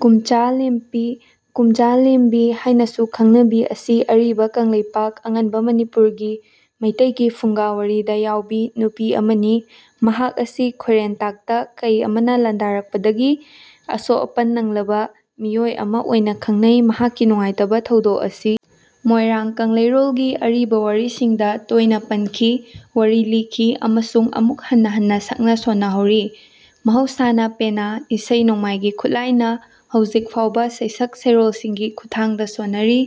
ꯀꯨꯝꯆꯥ ꯂꯦꯝꯄꯤ, ꯀꯨꯝꯖꯥ ꯂꯦꯝꯕꯤ ꯍꯥꯏꯅꯁꯨ ꯈꯪꯅꯕꯤ ꯑꯁꯤ ꯑꯔꯤꯕ ꯀꯪꯂꯩꯄꯥꯛ (ꯑꯉꯟꯕ ꯃꯅꯤꯄꯨꯔ)ꯒꯤ ꯃꯩꯇꯩꯒꯤ ꯐꯨꯡꯒꯥ ꯋꯥꯔꯤꯗ ꯌꯥꯎꯕꯤ ꯅꯨꯄꯤ ꯑꯃꯅꯤ꯫ ꯃꯍꯥꯛ ꯑꯁꯤ ꯈꯣꯏꯔꯦꯟꯇꯛꯇ ꯀꯩ ꯑꯃꯅ ꯂꯥꯟꯗꯥꯔꯛꯄꯒꯤ ꯑꯁꯣꯛ-ꯑꯄꯟ ꯅꯪꯂꯕ ꯃꯤꯑꯣꯏ ꯑꯃ ꯑꯣꯏꯅ ꯈꯪꯅꯩ꯫ ꯃꯍꯥꯛꯀꯤ ꯅꯨꯡꯉꯥꯏꯇꯕ ꯊꯧꯗꯣꯛ ꯑꯁꯤ ꯃꯣꯏꯔꯥꯡ ꯀꯪꯂꯩꯔꯣꯜꯒꯤ ꯑꯔꯤꯕ ꯋꯥꯔꯤꯁꯤꯡꯗ ꯇꯣꯏꯅ ꯄꯟꯈꯤ, ꯋꯥꯔꯤ ꯂꯤꯈꯤ ꯑꯃꯁꯨꯡ ꯑꯃꯨꯛ ꯍꯟꯅ ꯍꯟꯅ ꯁꯛꯅ ꯁꯣꯟꯅꯍꯧꯔꯤ, ꯃꯍꯧꯁꯥꯅ ꯄꯦꯅꯥ (ꯏꯁꯩ-ꯅꯣꯡꯃꯥꯏꯒꯤ ꯈꯨꯠꯂꯥꯏ)ꯅ ꯍꯧꯖꯤꯛ ꯐꯥꯎꯕ ꯁꯩꯁꯛ ꯁꯩꯔꯣꯜꯁꯤꯡꯒꯤ ꯈꯨꯠꯊꯥꯡꯗ ꯁꯣꯟꯅꯔꯤ꯫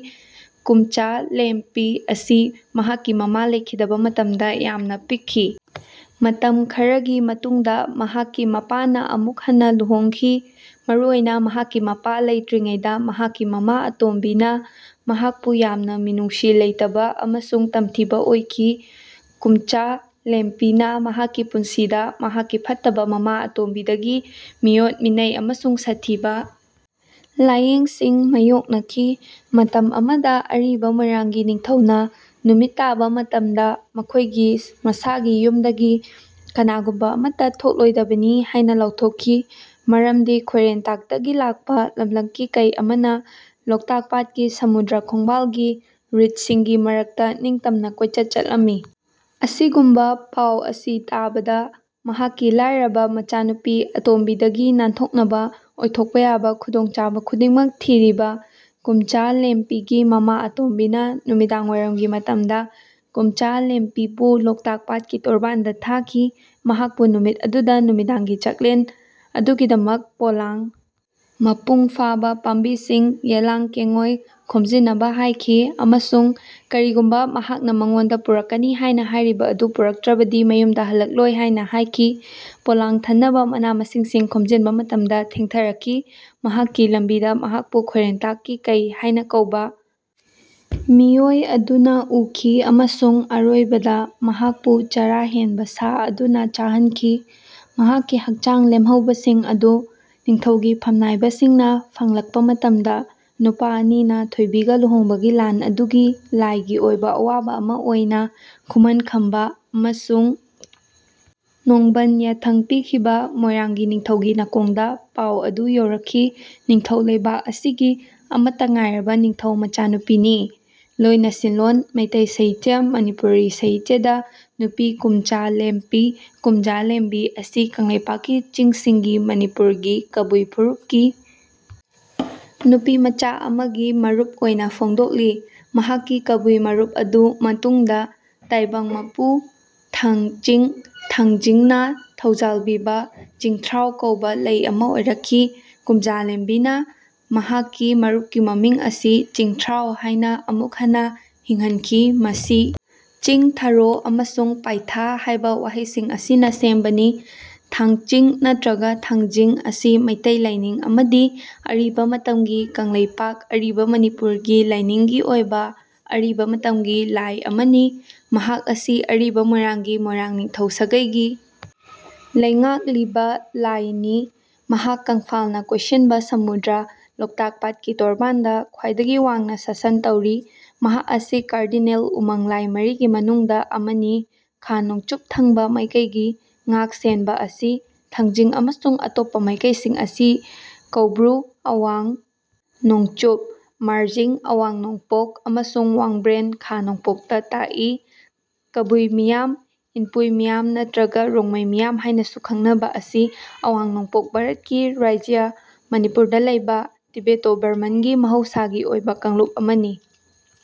ꯀꯨꯝꯆꯥ ꯂꯦꯝꯄꯤ ꯑꯁꯤ ꯃꯍꯥꯛꯀꯤ ꯃꯃꯥ ꯂꯩꯈꯤꯗꯕ ꯃꯇꯝꯗ ꯌꯥꯝꯅ ꯄꯤꯛꯈꯤ꯫ ꯃꯇꯝ ꯈꯔꯒꯤ ꯃꯇꯨꯡꯗ ꯃꯍꯥꯛꯀꯤ ꯃꯄꯥꯅ ꯑꯃꯨꯛ ꯍꯟꯅ ꯂꯨꯍꯣꯡꯈꯤ꯫ ꯃꯔꯨꯑꯣꯏꯅ ꯃꯍꯥꯛꯀꯤ ꯃꯄꯥ ꯂꯩꯇ꯭ꯔꯤꯉꯩꯗ, ꯃꯍꯥꯛꯀꯤ ꯃꯃꯥ ꯑꯇꯣꯝꯕꯤꯅ ꯃꯍꯥꯛꯄꯨ ꯌꯥꯝꯅ ꯃꯤꯅꯨꯡꯁꯤ ꯂꯩꯇꯕ ꯑꯃꯁꯨꯡ ꯇꯝꯊꯤꯕ ꯑꯣꯏꯈꯤ꯫ ꯀꯨꯝꯆꯥ ꯂꯦꯝꯄꯤꯅ ꯃꯍꯥꯛꯀꯤ ꯄꯨꯟꯁꯤꯗ ꯃꯍꯥꯛꯀꯤ ꯐꯠꯇꯕ ꯃꯃꯥ ꯑꯇꯣꯝꯕꯤꯗꯒꯤ ꯃꯤꯑꯣꯠ-ꯃꯤꯅꯩ ꯑꯃꯁꯨꯡ ꯁꯥꯊꯤꯕ ꯂꯥꯏꯌꯦꯡꯁꯤꯡ ꯃꯥꯌꯣꯛꯅꯈꯤ꯫ ꯃꯇꯝ ꯑꯃꯗ ꯑꯔꯤꯕ ꯃꯣꯏꯔꯥꯡꯒꯤ ꯅꯤꯡꯊꯧꯅ ꯅꯨꯃꯤꯠ ꯇꯥꯕ ꯃꯇꯝꯗ ꯃꯈꯣꯏꯒꯤ ꯃꯁꯥꯒꯤ ꯌꯨꯝꯗꯒꯤ ꯀꯅꯥꯒꯨꯝꯕ ꯑꯃꯠꯇ ꯊꯣꯛꯂꯣꯏꯗꯕꯅꯤ ꯍꯥꯏꯅ ꯂꯥꯎꯊꯣꯛꯈꯤ, ꯃꯔꯝꯗꯤ ꯈꯣꯏꯔꯦꯟꯇꯛꯇꯒꯤ ꯂꯥꯛꯄ ꯂꯝꯂꯛꯀꯤ ꯀꯩ ꯑꯃꯅ ꯂꯣꯛꯇꯥꯛ ꯄꯥꯠꯀꯤ ꯁꯃꯨꯗ꯭ꯔ ꯈꯣꯡꯕꯥꯜꯒꯤ ꯔꯤꯗꯁꯤꯡꯒꯤ ꯃꯔꯛꯇ ꯅꯤꯡꯇꯝꯅ ꯀꯣꯏꯆꯠ ꯆꯠꯂꯝꯃꯤ꯫ ꯑꯁꯤꯒꯨꯝꯕ ꯄꯥꯎ ꯑꯁꯤ ꯇꯥꯕꯗ, ꯃꯍꯥꯛꯀꯤ ꯂꯥꯏꯔꯕ ꯃꯆꯥꯅꯨꯄꯤ ꯑꯇꯣꯝꯕꯤꯗꯒꯤ ꯅꯥꯟꯊꯣꯛꯅꯕ ꯑꯣꯏꯊꯣꯛꯄ ꯌꯥꯕ ꯈꯨꯗꯣꯡꯆꯥꯕ ꯈꯨꯗꯤꯡꯃꯛ ꯊꯤꯔꯤꯕ ꯀꯨꯝꯆꯥ ꯂꯦꯝꯄꯤꯒꯤ ꯃꯃꯥ ꯑꯇꯣꯝꯕꯤꯅ ꯅꯨꯃꯤꯗꯥꯡꯋꯥꯏꯔꯝꯒꯤ ꯃꯇꯝꯗ ꯀꯨꯝꯆꯥ ꯂꯦꯝꯄꯤꯕꯨ ꯂꯣꯛꯇꯥꯛ ꯄꯥꯠꯀꯤ ꯇꯣꯔꯕꯥꯟꯗ ꯊꯥꯈꯤ, ꯃꯍꯥꯛꯄꯨ ꯅꯨꯃꯤꯠ ꯑꯗꯨꯒꯤ ꯅꯨꯃꯤꯗꯥꯡꯒꯤ ꯆꯥꯛꯂꯦꯟ ꯑꯗꯨꯒꯤꯗꯃꯛ ꯄꯣꯂꯥꯡ ꯃꯄꯨꯡ ꯐꯥꯕ ꯄꯥꯝꯕꯤꯁꯤꯡ ("ꯌꯦꯜꯂꯥꯡ ꯀꯦꯡꯉꯣꯏ") ꯈꯣꯝꯖꯤꯟꯅꯕ ꯍꯥꯏꯈꯤ, ꯑꯃꯁꯨꯡ ꯀꯔꯤꯒꯨꯝꯕ ꯃꯍꯥꯛꯅ ꯃꯉꯣꯟꯗ ꯄꯨꯔꯛꯀꯅꯤ ꯍꯥꯏꯅ ꯍꯥꯏꯔꯤꯕ ꯑꯗꯨ ꯄꯨꯔꯛꯇ꯭ꯔꯕꯗꯤ ꯃꯌꯨꯝꯗ ꯍꯜꯂꯛꯂꯣꯏ ꯍꯥꯏꯅ ꯍꯥꯏꯈꯤ꯫ ꯄꯣꯂꯥꯡ ꯊꯟꯅꯕ ꯃꯅꯥ-ꯃꯁꯤꯡꯁꯤꯡ ꯈꯣꯝꯖꯤꯟꯕ ꯃꯇꯝꯗ ꯊꯦꯡꯊꯔꯛꯈꯤ꯫ ꯃꯍꯥꯛꯀꯤ ꯂꯝꯕꯤꯗ ꯃꯍꯥꯛꯄꯨ ꯈꯣꯏꯔꯦꯟꯇꯛ ꯀꯩ ꯍꯥꯏꯅ ꯀꯧꯕ ꯃꯤꯑꯣꯏ ꯑꯗꯨꯅ ꯎꯈꯤ ꯑꯃꯁꯨꯡ ꯑꯔꯣꯏꯕꯗ ꯃꯍꯥꯛꯄꯨ ꯆꯔꯥ ꯍꯦꯟꯕ ꯁꯥ ꯑꯗꯨꯅ ꯆꯥꯍꯟꯈꯤ꯫ ꯃꯍꯥꯛꯀꯤ ꯍꯛꯆꯥꯡꯒꯤ ꯂꯦꯝꯍꯧꯕꯁꯤꯡ ꯑꯗꯨ ꯅꯤꯡꯊꯧꯒꯤ ꯐꯝꯅꯥꯏꯕꯁꯤꯡꯅ ꯐꯪꯂꯛꯄ ꯃꯇꯝꯗ ꯅꯨꯄꯥ ꯑꯅꯤꯅ ꯊꯣꯏꯕꯤꯒ ꯂꯨꯍꯣꯡꯕꯒꯤ ꯂꯥꯟ ꯑꯗꯨꯒꯤ ꯂꯥꯏꯒꯤ ꯑꯣꯏꯕ ꯑꯋꯥꯕ ꯑꯃ ꯑꯣꯏꯅ ꯈꯨꯃꯟ ꯈꯝꯕ ꯑꯃꯁꯨꯡ ꯅꯣꯡꯕꯟ ꯌꯥꯊꯪ ꯄꯤꯈꯤꯕ ꯃꯣꯏꯔꯥꯡꯒꯤ ꯅꯤꯡꯊꯧꯒꯤ ꯅꯥꯀꯣꯡꯗ ꯄꯥꯎ ꯑꯗꯨ ꯌꯧꯔꯛꯈꯤ꯫ ꯅꯤꯡꯊꯧ ꯂꯩꯕꯥꯛ ꯑꯁꯤꯒꯤ ꯑꯃꯠꯇ ꯉꯥꯏꯔꯕ ꯅꯤꯡꯊꯧ ꯃꯆꯥꯅꯨꯄꯤꯅꯤ꯫ ꯂꯣꯏꯅꯁꯤꯟꯂꯣꯟ ꯃꯩꯇꯩ ꯁꯥꯍꯤꯇ꯭ꯌ (ꯃꯅꯤꯄꯨꯔꯤ ꯁꯥꯍꯤꯇ꯭ꯌ)ꯗ ꯅꯨꯄꯤ ꯀꯨꯝꯆꯥ ꯂꯦꯝꯄꯤ (ꯀꯨꯝꯖꯥ ꯂꯦꯝꯕꯤ) ꯑꯁꯤ ꯀꯪꯂꯩꯄꯥꯛꯀꯤ ꯆꯤꯡꯁꯤꯡꯒꯤ ('ꯃꯅꯤꯄꯨꯔ') ꯒꯤ ꯀꯕꯨꯏ ꯐꯨꯔꯨꯞꯀꯤ ꯅꯨꯄꯤꯃꯆꯥ ꯑꯃꯒꯤ ꯃꯔꯨꯞ ꯑꯃ ꯑꯣꯏꯅ ꯐꯣꯡꯗꯣꯛꯂꯤ꯫ ꯃꯍꯥꯛꯀꯤ ꯀꯥꯕꯨꯏ ꯃꯔꯨꯞ ꯑꯗꯨ ꯃꯇꯨꯡꯗ ꯇꯥꯏꯕꯪ ꯃꯄꯨ ꯊꯥꯡꯆꯤꯡ (ꯊꯥꯡꯖꯤꯡ)ꯅ ꯊꯧꯖꯥꯜꯕꯤꯕ "ꯆꯤꯡꯊ꯭ꯔꯥꯎ" ꯀꯧꯕ ꯂꯩ ꯑꯃ ꯑꯣꯏꯔꯛꯈꯤ꯫ ꯀꯨꯝꯖꯥ ꯂꯦꯝꯕꯤꯅ ꯃꯍꯥꯛꯀꯤ ꯃꯔꯨꯞꯀꯤ ꯃꯃꯤꯡ ꯑꯁꯤ "ꯆꯤꯡ-ꯊ꯭ꯔꯥꯎ" ꯍꯥꯏꯅ ꯑꯃꯨꯛ ꯍꯟꯅ ꯍꯤꯡꯍꯟꯈꯤ, ꯃꯁꯤ ꯆꯤꯡ', 'ꯊꯥꯔꯣ' ꯑꯃꯁꯨꯡ 'ꯄꯥꯏꯊꯥ' ꯍꯥꯏꯕ ꯋꯥꯍꯩꯁꯤꯡ ꯑꯁꯤꯅ ꯁꯦꯝꯕꯅꯤ꯫ ꯊꯥꯡꯆꯤꯡ ꯅꯠꯇ꯭ꯔꯒ ꯊꯥꯡꯖꯤꯡ ꯑꯁꯤ ꯃꯩꯇꯩ ꯂꯥꯏꯅꯤꯡ ꯑꯃꯗꯤ ꯑꯔꯤꯕ ꯃꯇꯝꯒꯤ ꯀꯪꯂꯩꯄꯥꯛ (ꯑꯔꯤꯕ ꯃꯅꯤꯄꯨꯔ)ꯒꯤ ꯂꯥꯏꯅꯤꯡꯒꯤ ꯑꯣꯏꯕ ꯑꯔꯤꯕ ꯃꯇꯝꯒꯤ ꯂꯥꯏ ꯑꯃꯅꯤ꯫ ꯃꯍꯥꯛ ꯑꯁꯤ ꯑꯔꯤꯕ ꯃꯣꯏꯔꯥꯡꯒꯤ ꯃꯣꯏꯔꯥꯡ ꯅꯤꯡꯊꯧ ꯁꯥꯒꯩꯒꯤ ꯂꯩꯉꯥꯛꯂꯤꯕ ꯂꯥꯏꯅꯤ꯫ ꯃꯍꯥꯛ ꯀꯪꯐꯥꯜꯅ ꯀꯣꯏꯁꯤꯟꯕ ꯁꯃꯨꯗ꯭ꯔ, ꯂꯣꯛꯇꯥꯛ ꯄꯥꯠꯀꯤ ꯇꯣꯔꯕꯥꯟꯗ ꯈ꯭ꯋꯥꯏꯗꯒꯤ ꯋꯥꯡꯅ ꯁꯥꯁꯟ ꯇꯧꯔꯤ꯫ ꯃꯍꯥꯛ ꯑꯁꯤ ꯀꯥꯔꯗꯤꯅꯦꯜ ꯎꯃꯪ ꯂꯥꯏ ꯃꯔꯤꯒꯤ ꯃꯅꯨꯡꯗ ꯑꯃꯅꯤ꯫ ꯈꯥ-ꯅꯣꯡꯆꯨꯞ ꯊꯪꯕ ꯃꯥꯏꯀꯩꯒꯤ ꯉꯥꯛ-ꯁꯦꯟꯕ ꯑꯁꯤ ꯊꯥꯡꯖꯤꯡ ꯑꯃꯁꯨꯡ ꯑꯇꯣꯞꯄ ꯃꯥꯏꯀꯩꯁꯤꯡ ꯑꯁꯤ ꯀꯣꯎꯕ꯭ꯔꯨ (ꯑꯋꯥꯡ ꯅꯣꯡꯆꯨꯞ), ꯃꯥꯔꯖꯤꯡ (ꯑꯋꯥꯡ ꯅꯣꯡꯄꯣꯛ) ꯑꯃꯁꯨꯡ ꯋꯥꯡꯕ꯭ꯔꯦꯟ (ꯈꯥ-ꯅꯣꯡꯄꯣꯛ)ꯗ ꯇꯥꯛꯏ꯫ ꯀꯕꯨꯏ ꯃꯤꯌꯥꯝ (ꯏꯟꯄꯨꯏ ꯃꯤꯌꯥꯝ ꯅꯠꯇ꯭ꯔꯒ ꯔꯣꯡꯃꯩ ꯃꯤꯌꯥꯝ ꯍꯥꯏꯅꯁꯨ ꯈꯪꯅꯕ) ꯑꯁꯤ ꯑꯋꯥꯡ-ꯅꯣꯡꯄꯣꯛ ꯚꯥꯔꯠꯀꯤ ꯔꯥꯖ꯭ꯌ ꯃꯅꯤꯄꯨꯔꯗ ꯂꯩꯕ ꯇꯤꯕꯦꯇꯣ-ꯕꯔꯃꯟꯒꯤ ꯃꯍꯧꯁꯥꯒꯤ ꯑꯣꯏꯕ ꯀꯥꯡꯂꯨꯞ ꯑꯃꯅꯤ꯫